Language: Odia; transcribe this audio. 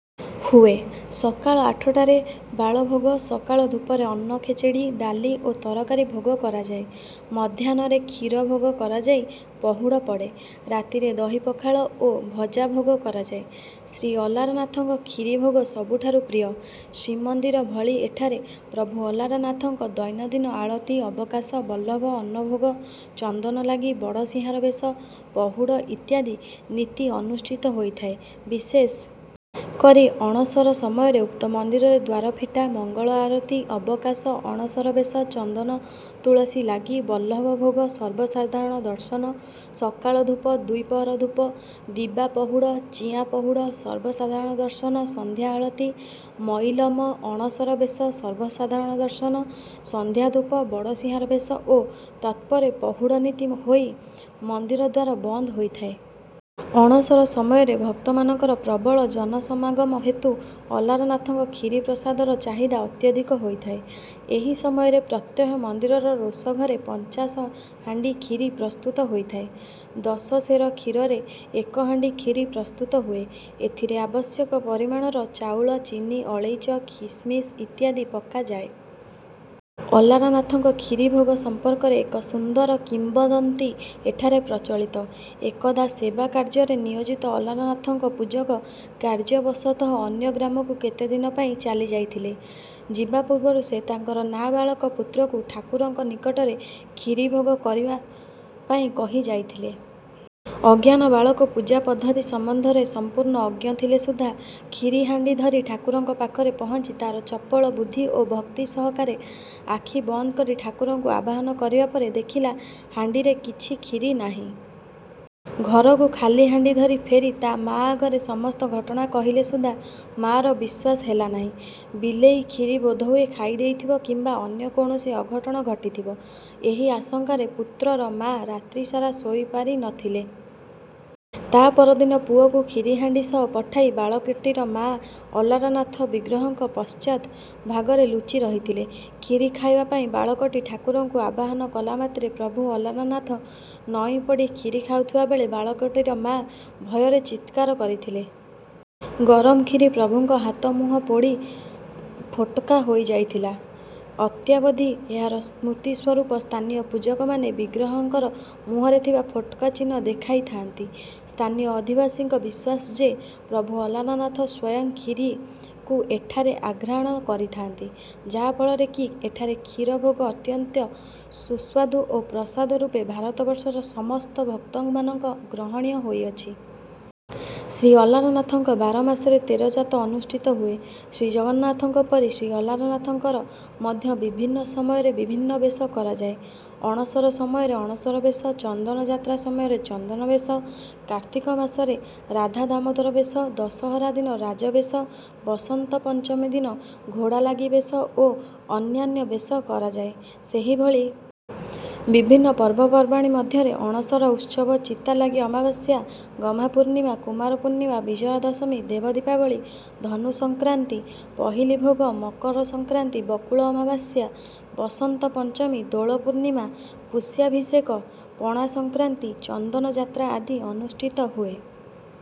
ହୁଏ। ସକାଳ ଆଠଟାରେ ବାଳଭୋଗ, ସକାଳ ଧୂପରେ ଅନ୍ନ, ଖେଚେଡ଼ି, ଡାଲି ଓ ତରକାରୀ ଭୋଗ କରାଯାଏ। ମାଧ୍ୟାହ୍ନରେ କ୍ଷୀର ଭୋଗ କରାଯାଇ ପହୁଡ଼ ପଡ଼େ। ରାତିରେ ଦହି ପଖାଳ ଓ ଭଜା ଭୋଗ କରାଯାଏ। ଶ୍ରୀଅଲାରନାଥଙ୍କ କ୍ଷୀରି ଭୋଗ ସବୁଠାରୁ ପ୍ରିୟ। ଶ୍ରୀମନ୍ଦିର ଭଳି ଏଠାରେ ପ୍ରଭୁ ଅଲାରନାଥଙ୍କ ଦୈନନ୍ଦିନ ଆଳତି, ଅବକାଶ, ବଲ୍ଲଭ, ଅନ୍ନଭୋଗ, ଚନ୍ଦନ ଲାଗି, ବଡ଼ସିଂହାର ବେଶ, ପହୁଡ଼ ଇତ୍ୟାଦି ନୀତି ଅନୁଷ୍ଠିତ ହୋଇଥାଏ। ବିଶେଷ କରି ଅଣସର ସମୟରେ ଉକ୍ତ ମନ୍ଦିରରେ ଦ୍ୱାର ଫିଟା, ମଙ୍ଗଳ ଆରତୀ, ଅବକାଶ, ଅଣସର ବେଶ, ଚନ୍ଦନ ତୁଳସୀ ଲାଗି, ବଲ୍ଲଭ ଭୋଗ, ସର୍ବସାଧାରଣ ଦର୍ଶନ, ସକାଳ ଧୂପ, ଦ୍ୱିପହର ଧୂପ, ଦିବା ପହୁଡ଼, ଚିଆଁ ପହୁଡ଼, ସର୍ବସାଧାରଣ ଦର୍ଶନ, ସନ୍ଧ୍ୟା ଆଳତି, ମଇଲମ, ଅଣସର ବେଶ, ସର୍ବସାଧାରଣ ଦର୍ଶନ, ସନ୍ଧ୍ୟା ଧୂପ, ବଡ଼ସିଂହାର ବେଶ ଓ ତତ୍ପରେ ପହୁଡ଼ ନୀତି ହୋଇ ମନ୍ଦିର ଦ୍ୱାର ବନ୍ଦ ହୋଇଥାଏ। ଅଣସର ସମୟରେ ଭକ୍ତମାନଙ୍କର ପ୍ରବଳ ଜନସମାଗମ ହେତୁ ଅଲାରନାଥଙ୍କ କ୍ଷୀରି ପ୍ରସାଦର ଚାହିଦା ଅତ୍ୟଧିକ ହୋଇଥାଏ। ଏହି ସମୟରେ ପ୍ରତ୍ୟହ ମନ୍ଦିରର ରୋଷଘରେ ପଞ୍ଚାଶ ହାଣ୍ଡି କ୍ଷୀରି ପ୍ରସ୍ତୁତ ହୋଇଥାଏ। ଦଶ ସେର କ୍ଷୀରରେ ଏକ ହାଣ୍ଡି କ୍ଷୀରି ପ୍ରସ୍ତୁତ ହୁଏ। ଏଥିରେ ଆବଶ୍ୟକ ପରିମାଣର ଚାଉଳ, ଚିନି, ଅଳେଇଚ, ଖିସମିସ ଇତ୍ୟାଦି ପକାଯାଏ। ଅଲାରନାଥଙ୍କ କ୍ଷୀରିଭୋଗ ସମ୍ପର୍କରେ ଏକ ସୁନ୍ଦର କିମ୍ବଦନ୍ତୀ ଏଠାରେ ପ୍ରଚଳିତ। ଏକଦା ସେବା କାର୍ଯ୍ୟରେ ନିୟୋଜିତ ଅଲାରନାଥଙ୍କ ପୂଜକ କାର୍ଯ୍ୟବଶତଃ ଅନ୍ୟ ଗ୍ରାମକୁ କେତେଦିନ ପାଇଁ ଚାଲିଯାଇଥିଲେ। ଯିବା ପୂର୍ବରୁ ସେ ତାଙ୍କର ନାବାଳକ ପୁତ୍ରକୁ ଠାକୁରଙ୍କ ନିକଟରେ କ୍ଷୀରିଭୋଗ କରିବା ପାଇଁ କହି ଯାଇଥିଲେ। ଅଜ୍ଞାନ ବାଳକ ପୂଜା ପଦ୍ଧତି ସମ୍ବନ୍ଧରେ ସମ୍ପୂର୍ଣ୍ଣ ଅଜ୍ଞ ଥିଲେ ସୁଦ୍ଧା କ୍ଷୀରି ହାଣ୍ଡି ଧରି ଠାକୁରଙ୍କ ପାଖରେ ପହଞ୍ଚି ତାର ଚପଳ ବୁଦ୍ଧି ଓ ଭକ୍ତି ସହକାରେ ଆଖି ବନ୍ଦ କରି ଠାକୁରଙ୍କୁ ଆବାହନ କରିବା ପରେ ଦେଖିଲା ହାଣ୍ଡିରେ କିଛି କ୍ଷୀରି ନାହିଁ। ଘରକୁ ଖାଲି ହାଣ୍ଡି ଧରି ଫେରି ତା ମା ଆଗରେ ସମସ୍ତ ଘଟଣା କହିଲେ ସୁଦ୍ଧା ମା ର ବିଶ୍ୱାସ ହେଲା ନାହିଁ। ବିଲେଇ କ୍ଷୀରି ବୋଧହୁଏ ଖାଇ ଦେଇଥିବ କିମ୍ବା ଅନ୍ୟ କୌଣସି ଅଘଟଣ ଘଟିଥିବ, ଏହି ଆଶଙ୍କାରେ ପୁତ୍ରର ମା ରାତ୍ରିସାରା ଶୋଇ ପାରି ନ ଥିଲେ। ତା ପରଦିନ ପୁଅକୁ କ୍ଷୀରି ହାଣ୍ଡି ସହ ପଠାଇ ବାଳକଟିର ମାଆ ଅଲାରନାଥ ବିଗ୍ରହଙ୍କର ପଶ୍ଚାତ୍ ଭାଗରେ ଲୁଚି ରହିଥିଲେ। କ୍ଷୀରି ଖାଇବା ପାଇଁ ବାଳକଟି ଠାକୁରଙ୍କୁ ଆବାହନ କଲା ମାତ୍ରେ, ପ୍ରଭୁ ଅଲାରନାଥ ନଇଁ ପଡ଼ି କ୍ଷୀରି ଖାଉଥିବା ବେଳେ ବାଳକଟିର ମା ଭୟରେ ଚିତ୍କାର କରିଥିଲେ। ଗରମ କ୍ଷୀରି ପ୍ରଭୁଙ୍କ ହାତ ଓ ମୁହଁରେ ପଡ଼ି ଫୋଟକା ହୋଇଯାଇଥିଲା। ଅଦ୍ୟାବଧି ଏହାର ସ୍ମୃତି ସ୍ୱରୂପ ସ୍ଥାନୀୟ ପୂଜକମାନେ ବିଗ୍ରହଙ୍କର ମୁହଁରେ ଥିବା ଫୋଟକା ଚିହ୍ନ ଦେଖାଇଥାନ୍ତି। ସ୍ଥାନୀୟ ଅଧିବାସୀଙ୍କ ବିଶ୍ୱାସ ଯେ, ପ୍ରଭୁ ଅଲାରନାଥ ସ୍ୱୟଂ କ୍ଷୀରିକୁ ଏଠାରେ ଆଘ୍ରାଣ କରିଥାଆନ୍ତି, ଯାହାଫଳରେ କି ଏଠାରେ କ୍ଷୀର ଭୋଗ ଅତ୍ୟନ୍ତ ସୁସ୍ୱାଦୁ ଓ ପ୍ରସାଦ ରୂପେ ଭାରତବର୍ଷର ସମସ୍ତ ଭକ୍ତମାନଙ୍କ ଗ୍ରହଣୀୟ ହୋଇଛି। ଶ୍ରୀ ଅଲାରନାଥଙ୍କ ବାରମାସରେ ତେର ଯାତ ଅନୁଷ୍ଠିତ ହୁଏ। ଶ୍ରୀ ଜଗନ୍ନାଥଙ୍କ ପରି ଶ୍ରୀ ଅଲାରନାଥଙ୍କର ମଧ୍ୟ ବିଭିନ୍ନ ସମୟରେ ବିଭିନ୍ନ ବେଶ କରାଯାଏ। ଅଣସର ସମୟରେ ଅଣସର ବେଶ, ଚନ୍ଦନ ଯାତ୍ରା ସମୟରେ ଚନ୍ଦନ ବେଶ, କାର୍ତ୍ତିକ ମାସରେ ରାଧାଦାମୋଦର ବେଶ, ଦଶହରା ଦିନ ରାଜବେଶ, ବସନ୍ତ ପଞ୍ଚମୀ ଦିନ ଘୋଡ଼ାଲାଗି ବେଶ ଓ ଅନ୍ୟାନ୍ୟ ବେଶ କରାଯାଏ। ସେହିଭଳି ବିଭିନ୍ନ ପର୍ବପର୍ବାଣି ମଧ୍ୟରେ ଅଣସର ଉତ୍ସବ, ଚିତାଲାଗି ଅମାବାସ୍ୟା, ଗହ୍ମାପୂର୍ଣ୍ଣିମା, କୁମାର ପୂର୍ଣ୍ଣିମା, ବିଜୟା ଦଶମୀ, ଦେବ ଦୀପାବଳୀ, ଧନୁ ସଂକ୍ରାନ୍ତି, ପହିଲି ଭୋଗ, ମକର ସଂକ୍ରାନ୍ତି, ବକୁଳ ଅମାବାସ୍ୟା, ବସନ୍ତ ପଞ୍ଚମୀ, ଦୋଳ ପୂର୍ଣ୍ଣିମା, ପୁଷ୍ୟାଭିଷେକ, ପଣାସଂକ୍ରାନ୍ତି, ଚନ୍ଦନ ଯାତ୍ରା ଆଦି ଅନୁଷ୍ଠିତ ହୁଏ।